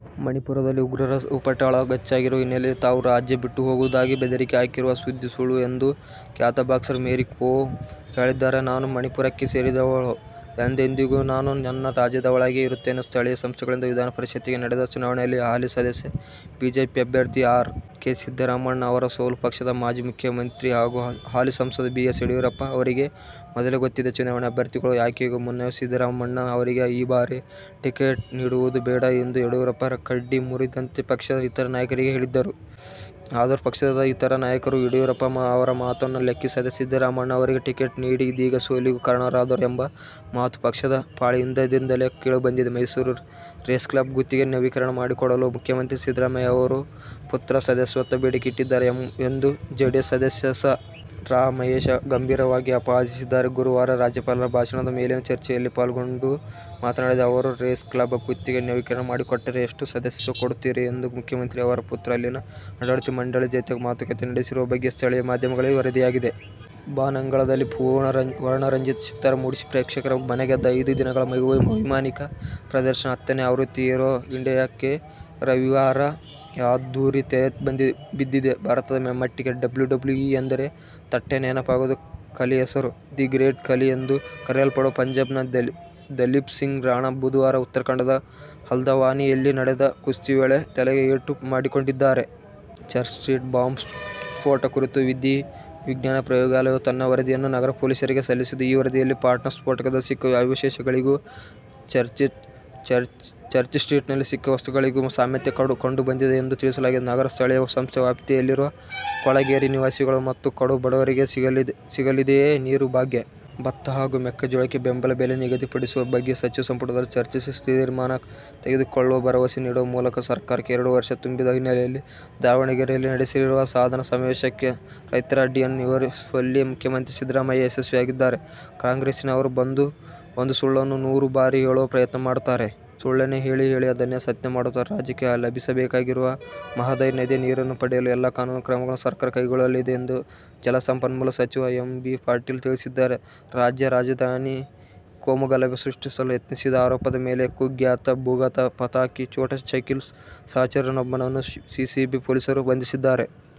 ಮಣಿಪುರದಲ್ಲಿ ಉಗ್ರರ ಉಪಟಳ ಹೆಚ್ಚಾಗಿರುವ ಹಿನ್ನೆಲೆಯಲ್ಲಿ ತಾವು ರಾಜ್ಯ ಬಿಟ್ಟು ಹೋಗುವುದಾಗಿ ಬೆದರಿಕೆ ಹಾಕಿರುವ ಸುದ್ದಿ ಸುಳ್ಳು ಎಂದು ಖ್ಯಾತ ಬಾಕ್ಸರ್ ಮೇರಿ ಕೋಂ ಹೇಳಿದ್ದಾರೆ. ನಾನು ಮಣಿಪುರಕ್ಕೆ ಸೇರಿದವಳು. ಎಂದೆಂದಿಗೂ ನಾನು ನನ್ನ ರಾಜ್ಯದವಳಾಗಿಯೇ ಇರುತ್ತೇನೆ. ಸ್ಥಳೀಯ ಸಂಸ್ಥೆಗಳಿಂದ ವಿಧಾನ ಪರಿಷತ್ತಿಗೆ ನಡೆದ ಚುನಾವಣೆಯಲ್ಲಿ ಹಾಲಿ ಸದಸ್ಯ, ಬಿ ಜೆ ಪಿ ಅಭ್ಯರ್ಥಿ ಆರ್. ಕೆ. ಸಿದ್ದರಾಮಣ್ಣ ಅವರ ಸೋಲು ಪಕ್ಷದ ಮಾಜಿ ಮುಖ್ಯಮಂತ್ರಿ ಹಾಗೂ ಹಾಲಿ ಸಂಸದ ಬಿ. ಎಸ್. ಯಡಿಯೂರಪ್ಪ ಅವರಿಗೆ ಮೊದಲೇ ಗೊತ್ತಿತ್ತೇ? ಚುನಾವಣೆಗೆ ಅಭ್ಯರ್ಥಿಗಳ ಆಯ್ಕೆಗೂ ಮುನ್ನವೇ ಸಿದ್ದರಾಮಣ್ಣ ಅವರಿಗೆ ಈ ಬಾರಿ ಟಿಕೆಟ್ ನೀಡುವುದು ಬೇಡ ಎಂದು ಯಡಿಯೂರಪ್ಪ ಕಡ್ಡಿ ಮುರಿದಂತೆ ಪಕ್ಷದ ಇತರ ನಾಯಕರಿಗೆ ಹೇಳಿದ್ದರು. ಆದರೂ, ಪಕ್ಷದ ಇತರ ನಾಯಕರು ಯಡಿಯೂರಪ್ಪ ಅವರ ಮಾತನ್ನು ಲೆಕ್ಕಿಸದೆ ಸಿದ್ದರಾಮಣ್ಣ ಅವರಿಗೇ ಟಿಕೆಟ್ ನೀಡಿ ಇದೀಗ ಸೋಲಿಗೂ ಕಾರಣರಾದರು ಎಂಬ ಮಾತು ಪಕ್ಷದ ಪಾಳೆಯದಿಂದಲೇ ಕೇಳಿಬಂದಿದೆ. ಮೈಸೂರು ರೇಸ್ ಕ್ಲಬ್ ಗುತ್ತಿಗೆ ನವೀಕರಣ ಮಾಡಿಕೊಡಲು ಮುಖ್ಯಮಂತ್ರಿ ಸಿದ್ದರಾಮಯ್ಯ ಅವರ ಪುತ್ರ ಸದಸ್ಯತ್ವದ ಬೇಡಿಕೆ ಇಟ್ಟಿದ್ದಾರೆ ಎಂದು ಜೆಡಿಎಸ್ ಸದಸ್ಯ ಸಾ. ರಾ. ಮಹೇಶ್ ಗಂಭೀರವಾಗಿ ಆಪಾದಿಸಿದ್ದಾರೆ. ಗುರುವಾರ ರಾಜ್ಯಪಾಲರ ಭಾಷಣದ ಮೇಲಿನ ಚರ್ಚೆಯಲ್ಲಿ ಪಾಲ್ಗೊಂಡು ಮಾತನಾಡಿದ ಅವರು, ರೇಸ್ ಕ್ಲಬ್ ಗುತ್ತಿಗೆ ನವೀಕರಣ ಮಾಡಿಕೊಟ್ಟರೆ ಎಷ್ಟು ಸದಸ್ಯತ್ವ ಕೊಡ್ತೀರಿ ಎಂದು ಮುಖ್ಯಮಂತ್ರಿಯವರ ಪುತ್ರ ಅಲ್ಲಿನ ಆಡಳಿತ ಮಂಡಳಿ ಜತೆ ಮಾತುಕತೆ ನಡೆಸಿರುವ ಬಗ್ಗೆ ಸ್ಥಳೀಯ ಮಾಧ್ಯಮಗಳಲ್ಲಿ ವರದಿಯಾಗಿದೆ. ಬಾನಂಗಳದಲ್ಲಿ ವರ್ಣರಂಜಿತ ಚಿತ್ತಾರ ಮೂಡಿಸಿ ಪ್ರೇಕ್ಷಕರ ಮನಗೆದ್ದ ಐದು ದಿನಗಳ ವೈಮಾನಿಕ ಪ್ರದರ್ಶನ ಹತ್ತನೇ ಆವೃತ್ತಿ ಏರೋ ಇಂಡಿಯಾಕ್ಕೆ ರವಿವಾರ ಅದ್ದೂರಿ ತೆರೆ ಬಿದ್ದಿದೆ. ಭಾರತದ ಮಟ್ಟಿಗೆ ಡಬ್ಲ್ಯೂ ಡಬ್ಲ್ಯೂ ಇ ಎಂದರೆ ತಟ್ಟನೆ ನೆನಪಾಗುವುದು ಖಲಿ ಹೆಸರು. "ದಿ ಗ್ರೇಟ್ ಖಲಿ' ಎಂದು ಕರೆಯಲ್ಪಡುವ ಪಂಜಾಬ್ನ ದಲೀಪ್ ಸಿಂಗ್ ರಾಣಾ ಬುಧವಾರ ಉತ್ತರಾಖಂಡದ ಹಲ್ದವಾನಿ ಯಲ್ಲಿ ನಡೆದ ಕುಸ್ತಿ ವೇಳೆ ತಲೆಗೆ ಏಟು ಮಾಡಿಕೊಂಡಿದ್ದಾರೆ. ಚರ್ಚ್ ಸ್ಟ್ರೀಟ್ ಬಾಂಬ್ ಸ್ಫೋಟ ಕುರಿತು ವಿಧಿ ವಿಜ್ಞಾನ ಪ್ರಯೋಗಾಲಯವು ತನ್ನ ವರದಿಯನ್ನು ನಗರ ಪೊಲೀಸರಿಗೆ ಸಲ್ಲಿಸಿದ್ದು, ಈ ವರದಿಯಲ್ಲಿ ಪಾಟ್ನಾ ಸ್ಫೋಟದಲ್ಲಿ ಸಿಕ್ಕ ಅವಶೇಷಗಳಿಗೂ, ಚರ್ಚ್ಸ್ಟ್ರೀಟ್ನಲ್ಲಿ ಸಿಕ್ಕ ವಸ್ತುಗಳಿಗೂ ಸಾಮ್ಯತೆ ಕಂಡುಬಂದಿದೆ ಎಂದು ತಿಳಿಸಲಾಗಿದೆ. ನಗರ ಸ್ಥಳೀಯ ಸಂಸ್ಥೆ ವ್ಯಾಪ್ತಿಯಲ್ಲಿರುವ ಕೊಳಗೇರಿ ನಿವಾಸಿಗಳು ಮತ್ತು ಕಡು ಬಡವರಿಗೆ ಸಿಗಲಿದೆಯೇ "ನೀರು ಭಾಗ್ಯ'? ಭತ್ತ ಹಾಗೂ ಮೆಕ್ಕೆಜೋಳಕ್ಕೆ ಬೆಂಬಲ ಬೆಲೆ ನಿಗದಿಪಡಿಸುವ ಬಗ್ಗೆ ಸಚಿವ ಸಂಪುಟದಲ್ಲಿ ಚರ್ಚಿಸಿ ತೀರ್ಮಾನ ತೆಗೆದುಕೊಳ್ಳುವ ಭರವಸೆ ನೀಡುವ ಮೂಲಕ ಸರ್ಕಾರಕ್ಕೆ ಎರಡು ವರ್ಷ ತುಂಬಿದ ಹಿನ್ನೆಲೆಯಲ್ಲಿ ದಾವಣಗೆರೆಯಲ್ಲಿ ನಡೆಸಲಿರುವ ಸಾಧನಾ ಸಮಾವೇಶಕ್ಕೆ ರೈತರ ಅಡ್ಡಿಯನ್ನು ನಿವಾರಿಸುವಲ್ಲಿ ಮುಖ್ಯಮಂತ್ರಿ ಸಿದ್ದರಾಮಯ್ಯ ಯಶಸ್ವಿಯಾಗಿದ್ದಾರೆ. "ಕಾಂಗ್ರೆಸ್ನವರು ಒಂದು ಸುಳ್ಳನ್ನು ನೂರು ಬಾರಿ ಹೇಳುವ ಪ್ರಯತ್ನ ಮಾಡ್ತಾರೆ. ಸುಳ್ಳನ್ನೇ ಹೇಳಿ ಹೇಳಿ ಅದನ್ನೇ ಸತ್ಯ ಮಾಡ್ತಾರೆ' ರಾಜ್ಯಕ್ಕೆ ಲಭಿಸಬೇಕಾಗಿರುವ ಮಹದಾಯಿ ನದಿಯ ನೀರನ್ನು ಪಡೆಯಲು ಎಲ್ಲಾ ಕಾನೂನು ಕ್ರಮಗಳನ್ನು ಸರ್ಕಾರ ಕೈಗೊಳ್ಳಲಿದೆ ಎಂದು ಜಲಸಂಪನ್ಮೂಲ ಸಚಿವ ಎಂ. ಬಿ. ಪಾಟೀಲ ತಿಳಿಸಿದ್ದಾರೆ. ರಾಜ್ಯ ರಾಜಧಾನಿಯಲ್ಲಿ ಕೋಮು ಗಲಭೆ ಸೃಷ್ಟಿಸಲು ಯತ್ನಿಸಿದ ಆರೋಪದ ಮೇಲೆ ಕುಖ್ಯಾತ ಭೂಗತ ಪಾತಕಿ ಛೋಟಾ ಶಕೀಲ್ ಸಹಚರನೊಬ್ಬನನ್ನು ಸಿಸಿಬಿ ಪೊಲೀಸರು ಬಂಧಿಸಿದ್ದಾರೆ.